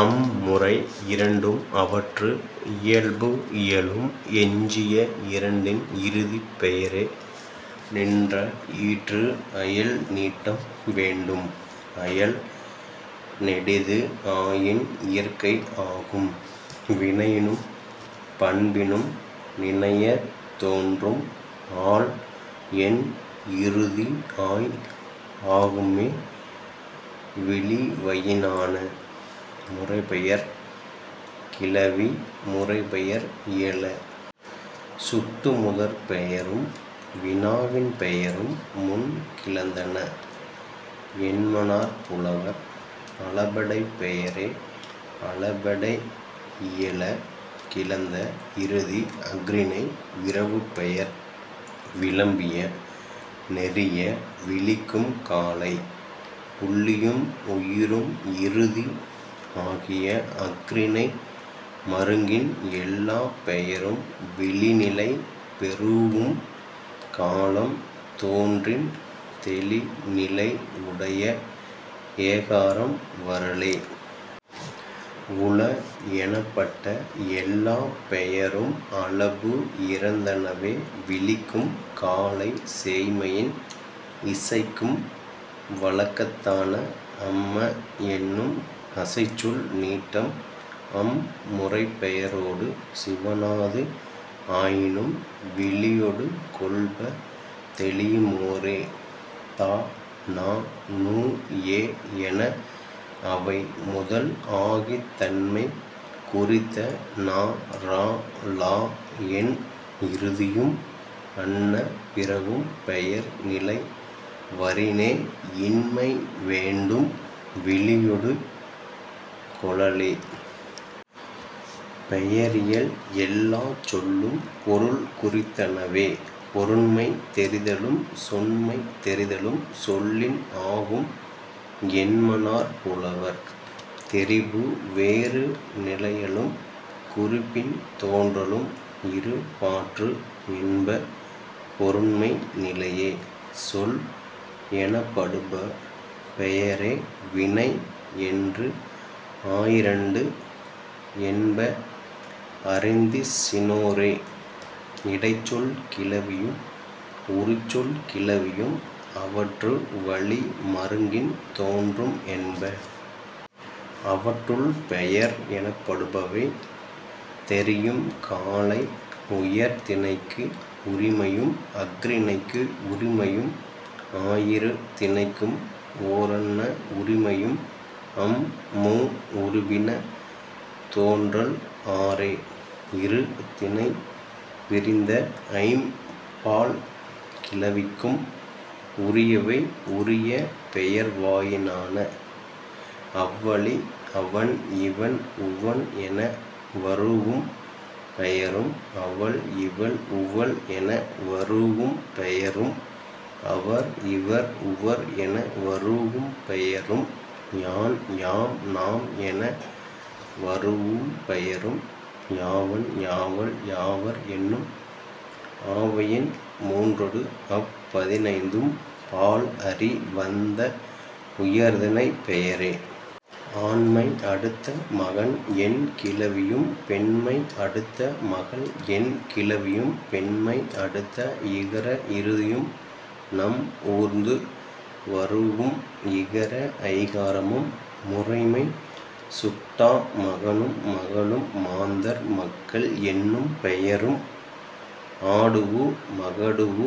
அம் முறை இரண்டும் அவற்று இயல்பு இயலும். எஞ்சிய இரண்டின் இறுதிப் பெயரே நின்ற ஈற்று அயல் நீட்டம் வேண்டும். அயல் நெடிது ஆயின் இயற்கை ஆகும். வினையினும் பண்பினும் நினையத் தோன்றும் ஆள் என் இறுதி ஆய் ஆகும்மே விளிவயினான. முறைப்பெயர்க் கிளவி முறைப்பெயர் இயல. சுட்டுமுதற் பெயரும் வினாவின் பெயரும் முன் கிளந்தன்ன என்மனார் புலவர். அளபெடைப் பெயரே அளபெடை இயல. கிளந்த இறுதி அஃறிணை விரவுப்பெயர் விளம்பிய நெறிய விளிக்கும் காலை. புள்ளியும் உயிரும் இறுதி ஆகிய அஃறிணை மருங்கின் எல்லாப் பெயரும் விளி நிலை பெறூஉம் காலம் தோன்றின் தெளி நிலை உடைய ஏகாரம் வரலே. உள எனப்பட்ட எல்லாப் பெயரும் அளபு இறந்தனவே விளிக்கும் காலை சேய்மையின் இசைக்கும் வழக்கத்தான. அம்ம என்னும் அசைச்சொல் நீட்டம் அம் முறைப்பெயரொடு சிவணாது ஆயினும் விளியொடு கொள்ப தெளியுமோரே. த ந நு எ என அவை முதல் ஆகித் தன்மை குறித்த ன ர ள என் இறுதியும் அன்ன பிறவும் பெயர் நிலை வரினே இன்மை வேண்டும் விளியொடு கொளலே.. பெயரியல் எல்லாச் சொல்லும் பொருள் குறித்தனவே. பொருண்மை தெரிதலும் சொன்மை தெரிதலும் சொல்லின் ஆகும் என்மனார் புலவர். தெரிபு வேறு நிலையலும் குறிப்பின் தோன்றலும் இரு பாற்று என்ப பொருண்மை நிலையே. சொல் எனப்படுப பெயரே வினை என்று ஆயிரண்டு என்ப அறிந்திசினோரே. இடைச்சொல் கிளவியும் உரிச்சொல் கிளவியும் அவற்று வழி மருங்கின் தோன்றும் என்ப. அவற்றுள், பெயர் எனப்படுபவை தெரியும் காலை உயர்திணைக்கு உரிமையும் அஃறிணைக்கு உரிமையும் ஆயிரு திணைக்கும் ஓரன்ன உரிமையும் அம் மூ உருபின தோன்றல் ஆறே. இரு திணைப் பிரிந்த ஐம் பால் கிளவிக்கும் உரியவை உரிய பெயர்வாயினான. அவ்வழி, அவன் இவன் உவன் என வரூஉம் பெயரும் அவள் இவள் உவள் என வரூஉம் பெயரும் அவர் இவர் உவர் என வரூஉம் பெயரும் யான் யாம் நாம் என வரூஉம் பெயரும் யாவன் யாவள் யாவர் என்னும் ஆவயின் மூன்றொடு அப் பதினைந்தும் பால் அறி வந்த உயர்திணைப் பெயரே. ஆண்மை அடுத்த மகன் என் கிளவியும் பெண்மை அடுத்த மகள் என் கிளவியும் பெண்மை அடுத்த இகர இறுதியும் நம் ஊர்ந்து வரூஉம் இகர ஐகாரமும் முறைமை சுட்டா மகனும் மகளும் மாந்தர் மக்கள் என்னும் பெயரும் ஆடூஉ மகடூஉ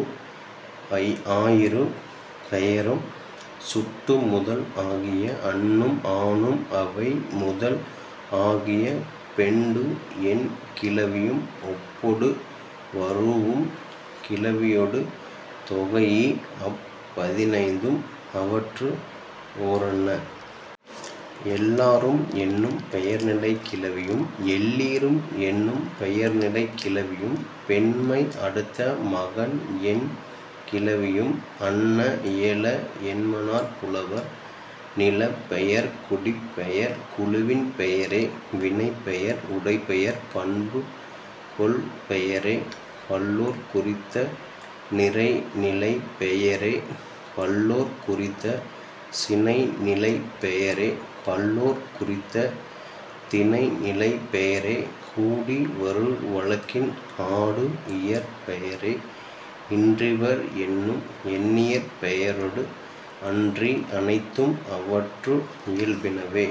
ஆயிரு பெயரும் சுட்டு முதல் ஆகிய அன்னும் ஆனும் அவை முதல் ஆகிய பெண்டு என் கிளவியும் ஒப்பொடு வரூஉம் கிளவியொடு தொகைஇ அப் பதினைந்தும் அவற்று ஓரன்ன. எல்லாரும் என்னும் பெயர்நிலைக் கிளவியும் எல்லீரும் என்னும் பெயர்நிலைக் கிளவியும் பெண்மை அடுத்த மகன் என் கிளவியும் அன்ன இயல என்மனார் புலவர். நிலப் பெயர் குடிப் பெயர் குழுவின் பெயரே வினைப் பெயர் உடைப் பெயர் பண்பு கொள் பெயரே பல்லோர்க் குறித்த நிறை நிலைப் பெயரே பல்லோர்க் குறித்த சினை நிலைப் பெயரே பல்லோர்க் குறித்த திணை நிலைப் பெயரே கூடி வரு வழக்கின் ஆடு இயற் பெயரே இன்றிவர் என்னும் எண்ணியற் பெயரொடு அன்றி அனைத்தும் அவற்று இயல்பினவே.